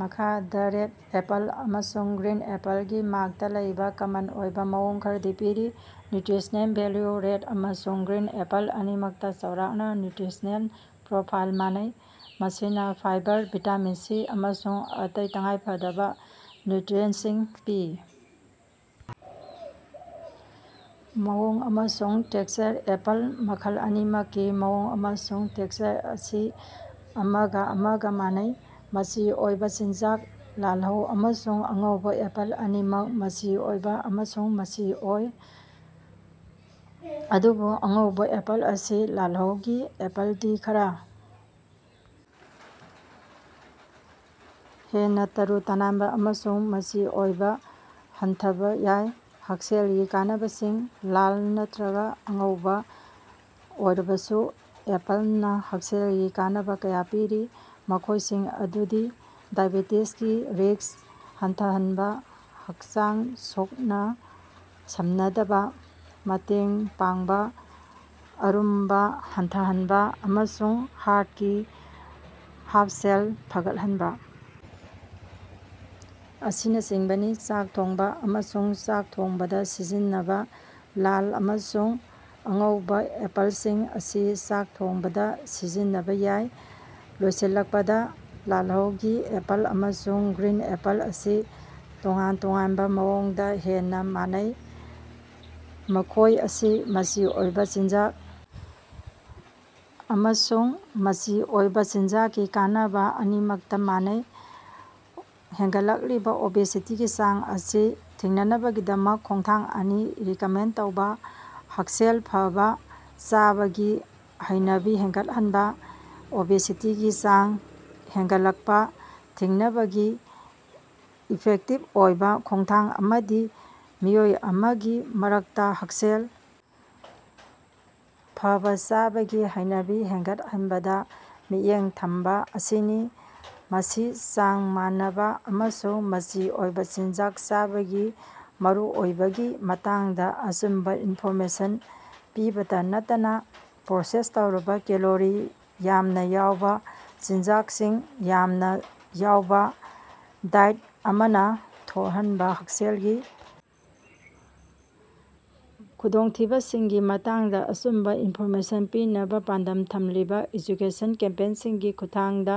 ꯃꯈꯥꯗ red apple ꯑꯃꯁꯨꯡ green ꯑꯦꯄꯜꯒꯤ ꯃꯔꯛꯇꯥ ꯂꯩꯕ ꯀꯃꯟ ꯑꯣꯏꯕ ꯃꯑꯣꯡ ꯈꯔꯗꯤ ꯄꯤꯔꯤ: ꯅ꯭ꯌꯨꯇ꯭ꯔꯤꯁꯅꯦꯜ ꯚꯦꯜꯌꯨ: ꯔꯦꯠ ꯑꯃꯁꯨꯡ ꯒ꯭ꯔꯤꯟ ꯑꯦꯄꯜ ꯑꯅꯤꯃꯛꯇꯥ ꯆꯥꯎꯔꯥꯛꯅꯥ ꯅ꯭ꯌꯨꯇ꯭ꯔꯤꯁꯅꯦꯜ ꯄ꯭ꯔꯣꯐꯥꯏꯜ ꯃꯥꯟꯅꯩ, ꯃꯁꯤꯅꯥ ꯐꯥꯏꯕꯔ, ꯚꯤꯇꯥꯃꯤꯟ ꯁꯤ, ꯑꯃꯁꯨꯡ ꯑꯇꯩ ꯇꯉꯥꯏꯐꯗꯕꯥ ꯅ꯭ꯌꯨꯇ꯭ꯔꯤꯑꯦꯟꯁꯤꯡ ꯄꯤ꯫ ꯃꯑꯣꯡ ꯑꯃꯁꯨꯡ ꯇꯦꯛꯁꯆꯔ: ꯑꯦꯄꯜ ꯃꯈꯜ ꯑꯅꯤꯃꯛꯀꯤ ꯃꯑꯣꯡ ꯑꯃꯁꯨꯡ ꯇꯦꯛꯁꯆꯔ ꯑꯁꯤ ꯑꯃꯒꯥ ꯑꯃꯒꯥ ꯃꯥꯟꯅꯩ, ꯃꯆꯤ ꯑꯣꯏꯕꯥ ꯆꯤꯟꯖꯥꯛ: ꯂꯥꯜꯍꯧ ꯑꯃꯁꯨꯡ ꯑꯉꯧꯕꯥ ꯑꯦꯄꯜ ꯑꯅꯤꯃꯛ ꯃꯆꯤ ꯑꯣꯏꯕ ꯑꯃꯁꯨꯡ ꯃꯆꯤ ꯑꯣꯏ, ꯑꯗꯨꯕꯨ, ꯑꯉꯧꯕꯥ ꯑꯦꯄꯜ ꯑꯁꯤ ꯂꯥꯜꯍꯧꯒꯤ ꯑꯦꯄꯜꯗꯒꯤ ꯈꯔ ꯍꯦꯟꯅꯥ ꯇꯔꯨ-ꯇꯅꯥꯟꯕꯥ ꯑꯃꯁꯨꯡ ꯃꯆꯤ ꯑꯣꯏꯕ ꯍꯟꯊꯕꯥ ꯌꯥꯏ꯫ ꯍꯛꯁꯦꯜꯒꯤ ꯀꯥꯟꯅꯕꯁꯤꯡ: ꯂꯥꯜ ꯅꯠꯇ꯭ꯔꯒꯥ ꯑꯉꯧꯕꯥ ꯑꯣꯏꯔꯕꯁꯨ ꯑꯦꯄꯜꯅꯥ ꯍꯛꯁꯦꯜꯒꯤ ꯀꯥꯟꯅꯕ ꯀꯌꯥ ꯄꯤꯔꯤ, ꯃꯈꯣꯏꯁꯤꯡ ꯑꯗꯨꯗꯤ ꯗꯥꯏꯕꯦꯇꯤꯁꯀꯤ ꯔꯤꯁ꯭ꯛ ꯍꯟꯊꯍꯟꯕꯥ, ꯍꯛꯆꯥꯡ ꯁꯣꯛꯅ-ꯁꯝꯅꯕꯗꯥ ꯃꯇꯦꯡ ꯄꯥꯡꯕ, ꯑꯔꯨꯝꯕꯥ ꯍꯟꯊꯍꯟꯕꯥ, ꯑꯃꯁꯨꯡ ꯍꯥꯔꯠꯀꯤ ꯍꯚꯁꯦꯜ ꯐꯒꯠꯍꯟꯕꯥ ꯑꯁꯤꯅꯆꯤꯡꯕꯅꯤ꯫ ꯆꯥꯛ ꯊꯣꯡꯕꯥ ꯑꯃꯁꯨꯡ ꯆꯥꯛ ꯊꯣꯡꯕꯗꯥ ꯁꯤꯖꯤꯟꯅꯕꯥ: ꯂꯥꯜ ꯑꯃꯁꯨꯡ ꯑꯉꯧꯕꯥ ꯑꯦꯄꯜꯁꯤꯡ ꯑꯁꯤ ꯆꯥꯛ ꯊꯣꯡꯕꯗꯥ ꯁꯤꯖꯤꯟꯅꯕꯥ ꯌꯥꯏ꯫ ꯂꯣꯏꯁꯤꯜꯂꯛꯄꯗꯥ, ꯂꯥꯜꯍꯧꯒꯤ ꯑꯦꯄꯜ ꯑꯃꯁꯨꯡ ꯒ꯭ꯔꯤꯟ ꯑꯦꯄꯜ ꯑꯁꯤ ꯇꯣꯉꯥꯟ ꯇꯣꯉꯥꯟꯕ ꯃꯑꯣꯡꯗꯥ ꯍꯦꯟꯅꯥ ꯃꯥꯟꯅꯩ, ꯃꯈꯣꯏ ꯑꯁꯤ ꯃꯆꯤ ꯑꯣꯏꯕ ꯆꯤꯟꯖꯥꯛ ꯑꯃꯁꯨꯡ ꯃꯆꯤ ꯑꯣꯏꯕ ꯆꯤꯟꯖꯥꯛꯀꯤ ꯀꯥꯟꯅꯕ ꯑꯅꯤꯃꯛꯇꯥ ꯃꯥꯟꯅꯩ꯫ ꯍꯦꯟꯒꯠꯂꯛꯂꯤꯕꯥ ꯑꯣꯕꯦꯁꯤꯇꯤꯒꯤ ꯆꯥꯡ ꯑꯁꯤ ꯊꯤꯡꯅꯕꯒꯤꯗꯃꯛ ꯈꯣꯡꯊꯥꯡ ꯑꯅꯤ ꯔꯤꯀꯃꯦꯟ ꯇꯧꯕ꯫ ꯍꯛꯁꯦꯜ ꯐꯕꯥ ꯆꯥꯕꯒꯤ ꯍꯩꯅꯕꯤ ꯍꯦꯟꯒꯠꯍꯟꯕꯥ: ꯑꯣꯕꯦꯁꯤꯇꯤꯒꯤ ꯆꯥꯡ ꯍꯦꯟꯒꯠꯂꯛꯄꯥ ꯊꯤꯡꯅꯕꯒꯤ ꯏꯐꯦꯛꯇꯤꯚ ꯑꯣꯏꯕ ꯈꯣꯡꯊꯥꯡ ꯑꯃꯗꯤ ꯃꯤꯑꯣꯏ ꯑꯃꯒꯤ ꯃꯔꯛꯇꯥ ꯍꯛꯁꯦꯜ ꯐꯕꯥ ꯆꯥꯕꯒꯤ ꯍꯩꯅꯕꯤ ꯍꯦꯟꯒꯠꯍꯟꯕꯗꯥ ꯃꯤꯠꯌꯦꯡ ꯊꯝꯕꯥ ꯑꯁꯤꯅꯤ꯫ ꯃꯁꯤ ꯆꯥꯡ ꯃꯥꯟꯅꯕ ꯑꯃꯁꯨꯡ ꯃꯆꯤ ꯑꯣꯏꯕ ꯆꯤꯟꯖꯥꯛ ꯆꯥꯕꯒꯤ ꯃꯔꯨꯑꯣꯏꯕꯒꯤ ꯃꯇꯥꯡꯗ ꯑꯆꯨꯝꯕ ꯏꯟꯐꯣꯔꯃꯦꯁꯟ ꯄꯤꯕꯇꯥ ꯅꯠꯇꯅꯥ ꯄ꯭ꯔꯣꯁꯦꯁ ꯇꯧꯔꯕ, ꯀꯦꯂꯣꯔꯤ ꯌꯥꯝꯅ ꯌꯥꯎꯕ ꯆꯤꯟꯖꯥꯛꯁꯤꯡ ꯌꯥꯝꯅ ꯌꯥꯎꯕꯥ ꯗꯥꯏꯠ ꯑꯃꯅꯥ ꯊꯣꯛꯍꯟꯕꯥ ꯍꯛꯁꯦꯜꯒꯤ ꯈꯨꯗꯣꯡꯊꯤꯕꯁꯤꯡꯒꯤ ꯃꯇꯥꯡꯗ ꯑꯆꯨꯝꯕ ꯏꯟꯐꯣꯔꯃꯦꯁꯟ ꯄꯤꯅꯕꯥ ꯄꯥꯟꯗꯝ ꯊꯝꯂꯤꯕꯥ ꯑꯦꯖꯨꯀꯦꯁꯟ ꯀꯦꯝꯄꯦꯟꯁꯤꯡꯒꯤ ꯈꯨꯠꯊꯥꯡꯗ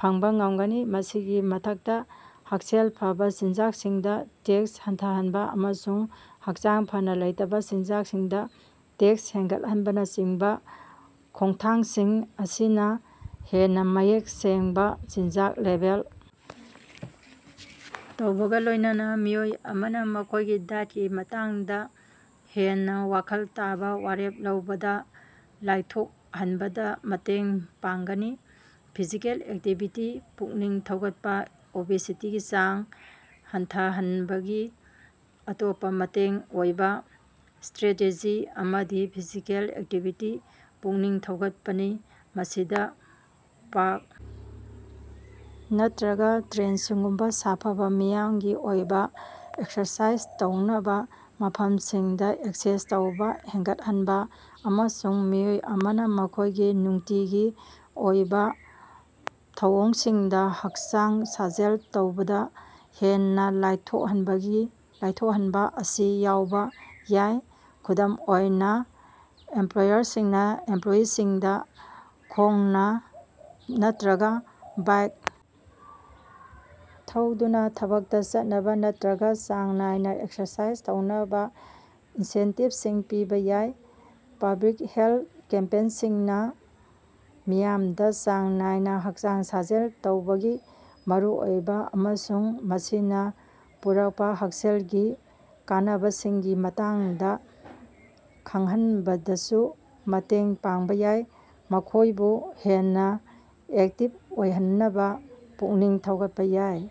ꯐꯪꯕ ꯉꯝꯒꯅꯤ꯫ ꯃꯁꯤꯒꯤ ꯃꯊꯛꯇꯥ, ꯍꯛꯁꯦꯜ ꯐꯕꯥ ꯆꯤꯟꯖꯥꯛꯁꯤꯡꯗꯥ ꯇꯦꯛꯁ ꯍꯟꯊꯍꯟꯕꯥ ꯑꯃꯁꯨꯡ ꯍꯛꯆꯥꯡ ꯐꯅꯥ ꯂꯩꯇꯕ ꯆꯤꯟꯖꯥꯛꯁꯤꯡꯗꯥ ꯇꯦꯛꯁ ꯍꯦꯟꯒꯠꯍꯟꯕꯅꯆꯤꯡꯕꯥ ꯈꯣꯡꯊꯥꯡꯁꯤꯡ ꯑꯁꯤꯅꯥ ꯍꯦꯟꯅꯥ ꯃꯌꯦꯛ ꯁꯦꯡꯕꯥ ꯆꯤꯟꯖꯥꯛ ꯂꯦꯕꯦꯜ ꯇꯧꯕꯒꯥ ꯂꯣꯏꯅꯅꯥ ꯃꯤꯑꯣꯏ ꯑꯃꯅꯥ ꯃꯈꯣꯏꯒꯤ ꯗꯥꯏꯠꯀꯤ ꯃꯇꯥꯡꯗ ꯍꯦꯟꯅꯥ ꯋꯥꯈꯜ ꯇꯥꯕ ꯋꯥꯔꯦꯞ ꯂꯧꯕꯗ ꯂꯥꯏꯊꯣꯛꯍꯠꯕꯗꯥ ꯃꯇꯦꯡ ꯄꯥꯡꯒꯅꯤ꯫ ꯐꯤꯖꯤꯀꯦꯜ ꯑꯦꯛꯇꯤꯚꯤꯇꯤ ꯄꯨꯛꯅꯤꯡ ꯊꯧꯒꯠꯄꯥ: ꯑꯣꯕꯦꯁꯤꯇꯤꯒꯤ ꯆꯥꯡ ꯍꯟꯊꯍꯟꯅꯕꯒꯤ ꯑꯇꯣꯞꯄꯥ ꯃꯇꯦꯡ ꯑꯣꯏꯕ ꯁꯇ꯭ꯔꯦꯇꯦꯖꯤ ꯑꯃꯗꯤ ꯐꯤꯖꯤꯀꯦꯜ ꯑꯦꯛꯇꯤꯚꯤꯇꯤ ꯄꯨꯛꯅꯤꯡ ꯊꯧꯒꯠꯄꯅꯤ꯫ ꯃꯁꯤꯗ ꯄꯥꯔꯛ ꯅꯠꯇ꯭ꯔꯒꯥ ꯇ꯭ꯔꯦꯜꯁꯤꯡꯒꯨꯝꯕꯥ ꯁꯥꯐꯕ, ꯃꯤꯌꯥꯝꯒꯤ ꯑꯣꯏꯕ ꯑꯦꯛꯁꯔꯁꯥꯏꯖ ꯇꯧꯅꯕ ꯃꯐꯝꯁꯤꯡꯗꯥ ꯑꯦꯛꯁꯦꯁ ꯇꯧꯕ ꯍꯦꯟꯒꯠꯍꯟꯕꯥ ꯑꯃꯁꯨꯡ ꯃꯤꯑꯣꯏ ꯑꯃꯅ ꯃꯈꯣꯏꯒꯤ ꯅꯨꯡꯇꯤꯒꯤ ꯑꯣꯏꯕ ꯊꯧꯑꯣꯡꯁꯤꯡꯗꯥ ꯍꯛꯆꯥꯡ ꯁꯥꯖꯦꯜ ꯇꯧꯕꯗꯥ ꯍꯦꯟꯅꯥ ꯂꯥꯏꯊꯣꯛꯍꯟꯕꯥ ꯑꯁꯤ ꯌꯥꯎꯕ ꯌꯥꯏ꯫ ꯈꯨꯗꯝ ꯑꯣꯏꯅ, ꯏꯃꯄ꯭ꯂꯣꯌꯔꯁꯤꯡꯅꯥ ꯏꯃꯄꯂꯣꯌꯤꯁꯤꯡꯗꯥ ꯈꯣꯡꯅꯥ ꯅꯠꯇ꯭ꯔꯒꯥ ꯕꯥꯏꯛ ꯊꯧꯗꯨꯅꯥ ꯊꯕꯛꯇꯥ ꯆꯠꯅꯕ ꯅꯠꯇ꯭ꯔꯒꯥ ꯆꯥꯡ ꯅꯥꯏꯅꯥ ꯑꯦꯛꯁꯔꯁꯥꯏꯖ ꯇꯧꯅꯕꯥ ꯏꯟꯁꯦꯟꯇꯤꯚꯁꯤꯡ ꯄꯤꯕꯥ ꯌꯥꯏ꯫ ꯄꯕ꯭ꯂꯤꯛ ꯍꯦꯜꯠ ꯀꯦꯝꯄꯦꯟꯁꯤꯡꯅꯥ ꯃꯤꯌꯥꯝꯗ ꯆꯥꯡ ꯅꯥꯏꯅ ꯍꯛꯆꯥꯡ ꯁꯥꯖꯦꯜ ꯇꯧꯕꯒꯤ ꯃꯔꯨꯑꯣꯏꯕ ꯑꯃꯁꯨꯡ ꯃꯁꯤꯅꯥ ꯄꯨꯔꯛꯄꯥ ꯍꯛꯁꯦꯜꯒꯤ ꯀꯥꯟꯅꯕꯁꯤꯡꯒꯤ ꯃꯇꯥꯡꯗ ꯈꯪꯍꯟꯕꯗꯁꯨ ꯃꯇꯦꯡ ꯄꯥꯡꯕ ꯌꯥꯏ, ꯃꯈꯣꯏꯕꯨ ꯍꯦꯟꯅꯥ ꯑꯦꯛꯇꯤꯚ ꯑꯣꯏꯍꯟꯅꯕꯥ ꯄꯨꯛꯅꯤꯡ ꯊꯧꯒꯠꯄꯥ ꯌꯥꯏ꯫